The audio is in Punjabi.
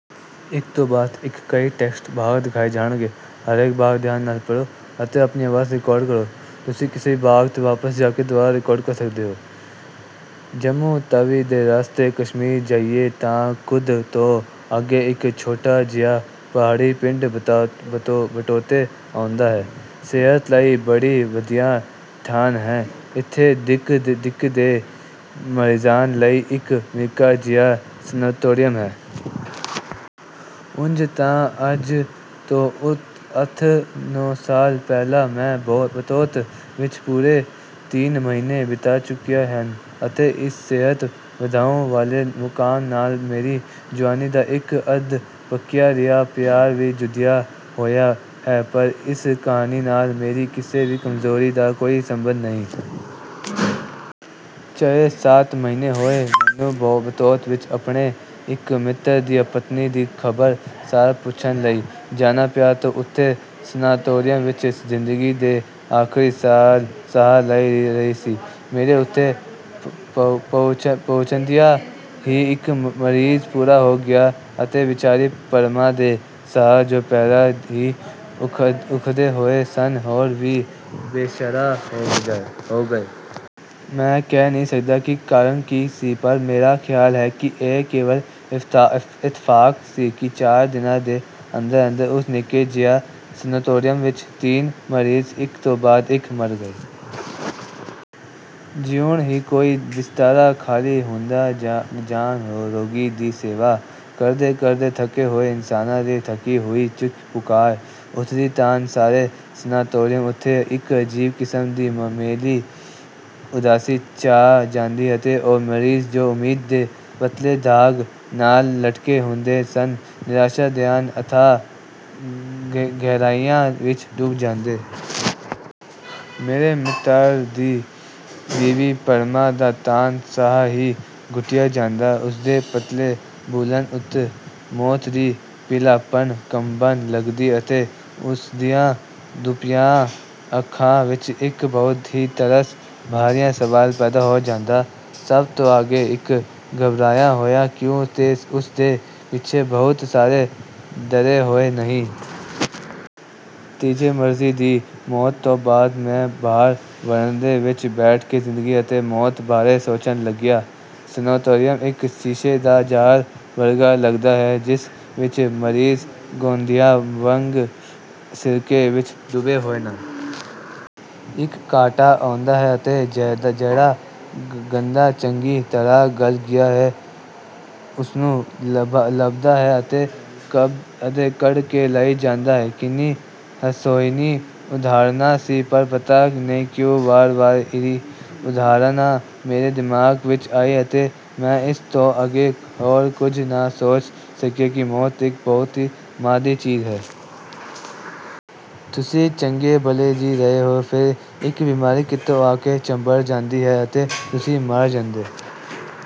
ਜੰਮੂ ਤਵੀ ਦੇ ਰਸਤੇ ਕਸ਼ਮੀਰ ਜਾਈਏ ਤਾਂ ਕੁਦ ਤੋਂ ਅੱਗੇ ਇੱਕ ਛੋਟਾ ਜਿਹਾ ਪਹਾੜੀ ਪਿੰਡ ਬਟੌਤ ਆਉਂਦਾ ਹੈ। ਸਿਹਤ ਲਈ ਬੜੀ ਵਧੀਆ ਥਾਂ ਹੈ। ਇੱਥੇ ਦਿੱਕ ਦੇ ਮਰੀਜ਼ਾਂ ਲਈ ਇੱਕ ਨਿੱਕਾ ਜਿਹਾ ਸੈਨੇਟੋਰੀਅਮ ਹੈ। ਉਂਝ ਤਾਂ ਅੱਜ ਤੋਂ ਅੱਠ-ਨੌਂ ਸਾਲ ਪਹਿਲਾਂ ਮੈਂ ਬਟੌਤ ਵਿੱਚ ਪੂਰੇ ਤਿੰਨ ਮਹੀਨੇ ਬਿਤਾ ਚੁੱਕਿਆ ਹਾਂ ਅਤੇ ਇਸ ਸਿਹਤ ਵਧਾਉਣ ਵਾਲੇ ਮੁਕਾਮ ਨਾਲ ਮੇਰੀ ਜੁਆਨੀ ਦਾ ਇੱਕ ਅੱਧ-ਪੱਕਿਆ ਰਿਹਾ ਪਿਆਰ ਵੀ ਜੁੜਿਆ ਹੋਇਆ ਹੈ ਪਰ ਇਸ ਕਹਾਣੀ ਨਾਲ ਮੇਰੀ ਕਿਸੇ ਵੀ ਕਮਜ਼ੋਰੀ ਦਾ ਕੋਈ ਸਬੰਧ ਨਹੀਂ। ਛੇ-ਸੱਤ ਮਹੀਨੇ ਹੋਏ ਮੈਨੂੰ ਬਟੌਤ ਵਿੱਚ ਆਪਣੇ ਇੱਕ ਮਿੱਤਰ ਦੀ ਪਤਨੀ ਦੀ ਖ਼ਬਰ ਸਾਰ ਪੁੱਛਣ ਲਈ ਜਾਣਾ ਪਿਆ ਜੋ ਉੱਥੇ ਸੈਨੇਟੋਰੀਅਮ ਵਿੱਚ ਜ਼ਿੰਦਗੀ ਦੇ ਆਖਰੀ ਸਾਹ ਲੈ ਰਹੀ ਸੀ। ਮੇਰੇ ਉੱਥੇ ਪਹੁੰਚਦਿਆਂ ਹੀ ਇੱਕ ਮਰੀਜ਼ ਪੂਰਾ ਹੋ ਗਿਆ ਅਤੇ ਵਿਚਾਰੀ ਪਦਮਾ ਦੇ ਸਾਹ ਜੋ ਪਹਿਲਾਂ ਹੀ ਉੱਖੜੇ ਹੋਏ ਸਨ ਹੋਰ ਵੀ ਬੇਸਹਾਰਾ ਹੋ ਗਏ। ਮੈਂ ਕਹਿ ਨਹੀਂ ਸਕਦਾ ਕਿ ਕਾਰਨ ਕੀ ਸੀ ਪਰ ਮੇਰਾ ਖਿਆਲ ਹੈ ਕਿ ਇਹ ਕੇਵਲ ਇਤਫਾਕ ਸੀ ਕਿ ਚਾਰ ਦਿਨਾਂ ਦੇ ਅੰਦਰ-ਅੰਦਰ ਉਸ ਨਿੱਕੇ ਜਿਹੇ ਸੈਨੇਟੋਰੀਅਮ ਵਿੱਚ ਤਿੰਨ ਮਰੀਜ਼ ਇੱਕ ਤੋਂ ਬਾਅਦ ਇੱਕ ਮਰ ਗਏ। ਜਿਉਂ ਹੀ ਕੋਈ ਬਿਸਤਰਾ ਖਾਲੀ ਹੁੰਦਾ ਜਾਂ ਰੋਗੀ ਦੀ ਸੇਵਾ ਕਰਦੇ ਕਰਦੇ ਥੱਕੇ ਹੋਏ ਇਨਸਾਨਾਂ ਦੀ ਥੱਕੀ ਹੋਈ ਚੀਕ-ਪੁਕਾਰ ਉੱਠਦੀ ਤਾਂ ਸਾਰੇ ਸੈਨੇਟੋਰੀਅਮ ਉੱਤੇ ਇੱਕ ਅਜੀਬ ਕਿਸਮ ਦੀ ਮੈਲੀ ਉਦਾਸੀ ਛਾ ਜਾਂਦੀ ਅਤੇ ਉਹ ਮਰੀਜ਼ ਜੋ ਉਮੀਦ ਦੇ ਪਤਲੇ ਧਾਗੇ ਨਾਲ ਲਟਕੇ ਹੁੰਦੇ ਸਨ ਨਿਰਾਸ਼ਾ ਦੀਆਂ ਅਥਾਹ ਗਹਿਰਾਈਆਂ ਵਿੱਚ ਡੁੱਬ ਜਾਂਦੇ। ਮੇਰੇ ਮਿੱਤਰ ਦੀ ਬੀਵੀ ਪਦਮਾ ਦਾ ਤਾਂ ਸਾਹ ਹੀ ਘੁੱਟਿਆ ਜਾਂਦਾ ਉਸਦੇ ਪਤਲੇ ਬੁੱਲ੍ਹਾਂ ਉੱਤੇ ਮੌਤ ਦੀ ਪੀਲਾਪਣ ਕੰਬਣ ਲੱਗਦੀ ਅਤੇ ਉਸਦੀਆਂ ਡੂੰਘੀਆਂ ਅੱਖਾਂ ਵਿੱਚ ਇੱਕ ਬਹੁਤ ਹੀ ਤਰਸ ਭਰਿਆ ਸਵਾਲ ਪੈਦਾ ਹੋ ਜਾਂਦਾ ਸਭ ਤੋਂ ਅੱਗੇ ਇੱਕ ਘਬਰਾਇਆ ਹੋਇਆ 'ਕਿਉਂ' ਤੇ ਉਸ ਦੇ ਪਿੱਛੇ ਬਹੁਤ ਸਾਰੇ ਡਰੇ ਹੋਏ 'ਨਹੀਂ'। ਤੀਜੇ ਮਰੀਜ਼ ਦੀ ਮੌਤ ਤੋਂ ਬਾਅਦ ਮੈਂ ਬਾਹਰ ਵਰਾਂਡੇ ਵਿੱਚ ਬੈਠ ਕੇ ਜ਼ਿੰਦਗੀ ਅਤੇ ਮੌਤ ਬਾਰੇ ਸੋਚਣ ਲੱਗਿਆ। ਸੈਨੇਟੋਰੀਅਮ ਇੱਕ ਸ਼ੀਸ਼ੇ ਦਾ ਜਾਰ ਵਰਗਾ ਲਗਦਾ ਹੈ ਜਿਸ ਵਿੱਚ ਮਰੀਜ਼ ਗੰਢਿਆਂ ਵਾਂਗ ਸਿਰਕੇ ਵਿੱਚ ਡੁੱਬੇ ਹੋਏ ਨੇ। ਇੱਕ ਕਾਂਟਾ ਆਉਂਦਾ ਹੈ ਅਤੇ ਜਿਹੜਾ ਗੰਢਾ ਚੰਗੀ ਤਰ੍ਹਾਂ ਗਲ ਗਿਆ ਹੈ ਉਸਨੂੰ ਲੱਭਦਾ ਹੈ ਅਤੇ ਕੱਢ ਕੇ ਲੈ ਜਾਂਦਾ ਹੈ। ਕਿੰਨੀ ਹਾਸੋਹੀਣੀ ਉਦਾਹਰਨ ਸੀ ਪਰ ਪਤਾ ਨਹੀਂ ਕਿਉਂ ਵਾਰ-ਵਾਰ ਇਹੀ ਉਦਾਹਰਨ ਮੇਰੇ ਦਿਮਾਗ ਵਿੱਚ ਆਈ ਅਤੇ ਮੈਂ ਇਸ ਤੋਂ ਅੱਗੇ ਹੋਰ ਕੁਝ ਨਾ ਸੋਚ ਸਕਿਆ ਕਿ ਮੌਤ ਇੱਕ ਬਹੁਤ ਹੀ ਮਾੜੀ ਚੀਜ਼ ਹੈ। ਤੁਸੀਂ ਚੰਗੇ ਭਲੇ ਜੀ ਰਹੇ ਹੋ ਫਿਰ ਇੱਕ ਬਿਮਾਰੀ ਕਿਤੋਂ ਆ ਕੇ ਚੰਬੜ ਜਾਂਦੀ ਹੈ ਅਤੇ ਤੁਸੀਂ ਮਰ ਜਾਂਦੇ